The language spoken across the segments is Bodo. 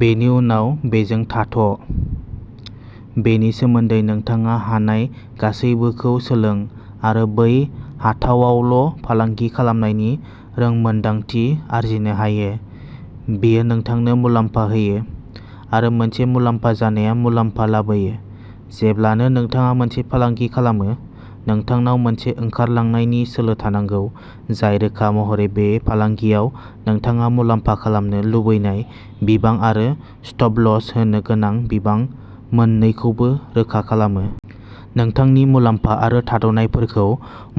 बेनि उनाव बेजों थाथ'। बेनि सोमोन्दै नोंथाङा हानाय गासैबोखौ सोलों आरो बै हाथायावल'फालांगि खालामनायनि रोंमोनदांथि आरजिनो हायो। बेनो नोंथांनो मुलाम्फा होयो, आरो मोनसे मुलाम्फा जानाया मुलाम्फा लाबोयो। जेब्लानो नोंथाङा मोनसे फालांगि खालामो, नोंथांनाव मोनसे ओंखारलांनायनि सोलो थानांगौ जाय रोखा महरै बे फालांगियाव नोंथाङा मुलाम्फा खालामनो लुबैनाय बिबां आरो स्टप लस होनो गोनां बिबां मोन्नैखौबो रोखा खालामो। नोंथांनि मुलाम्फा आरो थाद'नायफोरखौ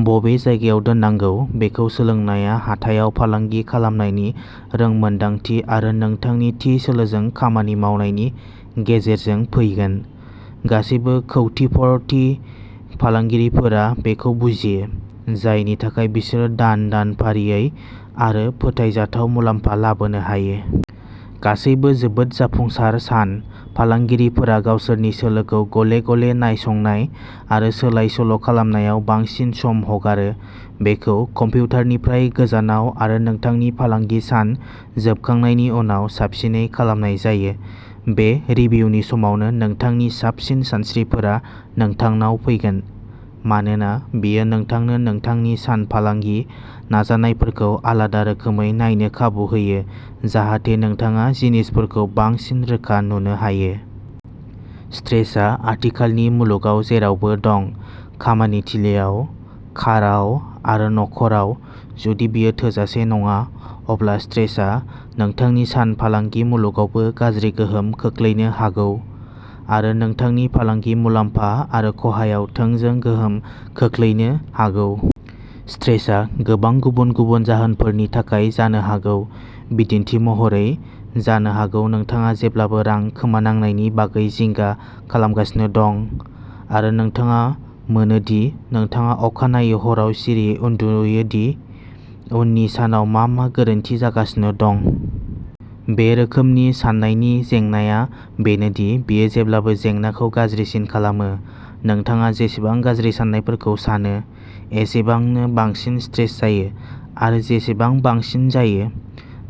बबे जायगायाव दोननांगौ बेखौ सोलोंनाया हाथायाव फालांगि खालामनायनि रोंमोनदांथि आरो नोंथांनि थि सोलोजों खामानि मावनायनि गेजेरजों फैगोन। गासैबो कौटिपति फालांगियारिफोरा बेखौ बुजियो, जायनि थाखाय बिसोरो दान-दान फारियै आरो फोथायजाथाव मुलाम्फा लाबोनो हायो। गासैबो जोबोद जाफुंसार सान फालांगियारिफोरा गावसोरनि सोलोखौ गले-गले नायसंनाय आरो सोलाय-सोल'खालामनायाव बांसिन सम हगारो। बेखौ कम्पिउटारनिफ्राय गोजानाव आरो नोंथांनि फालांगि सान जोबखांनायनि उनाव साबसिनै खालामनाय जायो। बे रिभिउनि समावनो नोंथांनि साबसिन सानस्रिफोरा नोंथांनाव फैगोन, मानोना बेयो नोंथांनो नोंथांनि सान फालांगि नाजानायफोरखौ आलादा रोखोमै नायनो खाबु होयो जाहाथे नोंथाङा जिनिसफोरखौ बांसिन रोखा नुनो हायो। स्ट्रेसआ आथिखालनि मुलुगाव जेरावबो दं। खामानि थिलिआव, काराव, आरो नख'राव। जुदि बेयो थोजासे नङा, अब्ला स्ट्रेसआ नोंथांनि सान फालांगि मुलुगावबो गाज्रि गोहोम खोख्लैनो हागौ, आरो नोंथांनि फालांगि मुलाम्फा आरो खहायाव थोंजों गोहोम खोख्लैनो हागौ। स्ट्रेसआ गोबां गुबुन-गुबुन जाहोनफोरनि थाखाय जानो हागौ। बिदिन्थि महरै, जानो हागौ नोंथाङा जेब्लाबो रां खोमानांनायनि बागै जिंगा खालामगासिनो दं, आरो नोंथाङा मोनो दि नोंथाङा अखानायै हराव सिरियै उन्दुयो दि उननि सानाव मा मा गोरोन्थि जागासिनो दं? बे रोखोमनि साननायनि जेंनाआ बेनो दि बेयो जेब्लाबो जेंनाखौ गाज्रिसिन खालामो। नोंथाङा जेसेबां गाज्रि साननायफोरखौ सानो, एसेबांनो बांसिन स्ट्रेस जायो, आरो जेसेबां बांसिन जायो।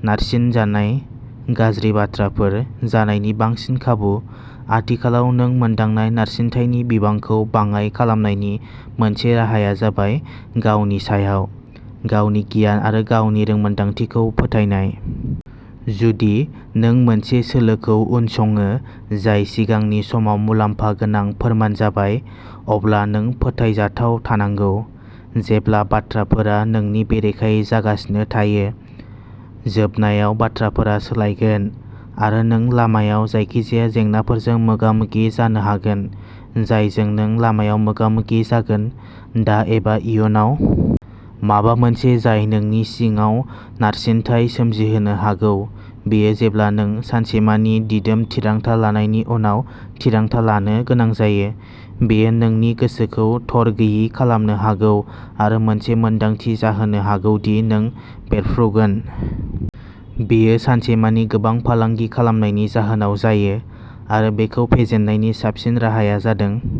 नारसिनजानाय, गाज्रि बाथ्राफोर जानायनि बांसिन खाबु। आथिखालाव नों मोनदांनाय नारसिनथायनि बिबांखौ बाङाइ खालामनायनि मोनसे राहाया जाबाय गावनि सायाव, गावनि गियान आरो गावनि रोंमोन्दांथिखौ फोथायनाय। जुदि नों मोनसे सोलोखौ उनसङो जाय सिगांनि समाव मुलाम्फा गोनां फोरमान जाबाय, अब्ला नों फोथायजाथाव थानांगौ, जेब्ला बाथ्राफोरा नोंनि बेरेखायै जागासिनो थायो। जोबनायाव बाथ्राफोरा सोलायगोन, आरो नों लामायाव जायखिजाया जेंनाफोरजों मोगा-मोगि जानो हागोन, जायजों नों लामायाव मोगा-मोगि जागोन, दा एबा इयुनाव। माबा मोनसे जाय नोंनि सिङाव नारसिनथाय सोमजिहोनो हागौ, बेयो जेब्ला नों सानसेमानि दिदोम थिरांथा लानायनि उनाव थिरांथा लानो गोनां जायो। बेयो नोंनि गोसोखौ थरगैयि खालामनो हागौ आरो मोनसे मोन्दांथि जाहोनो हागौ दि नों बेरफ्रुगोन। बेयो सानसेमानि गोबां फालांगि खालामनायनि जाहोनाव जायो, आरो बेखौ फेजेननायनि साबसिन राहाया जादों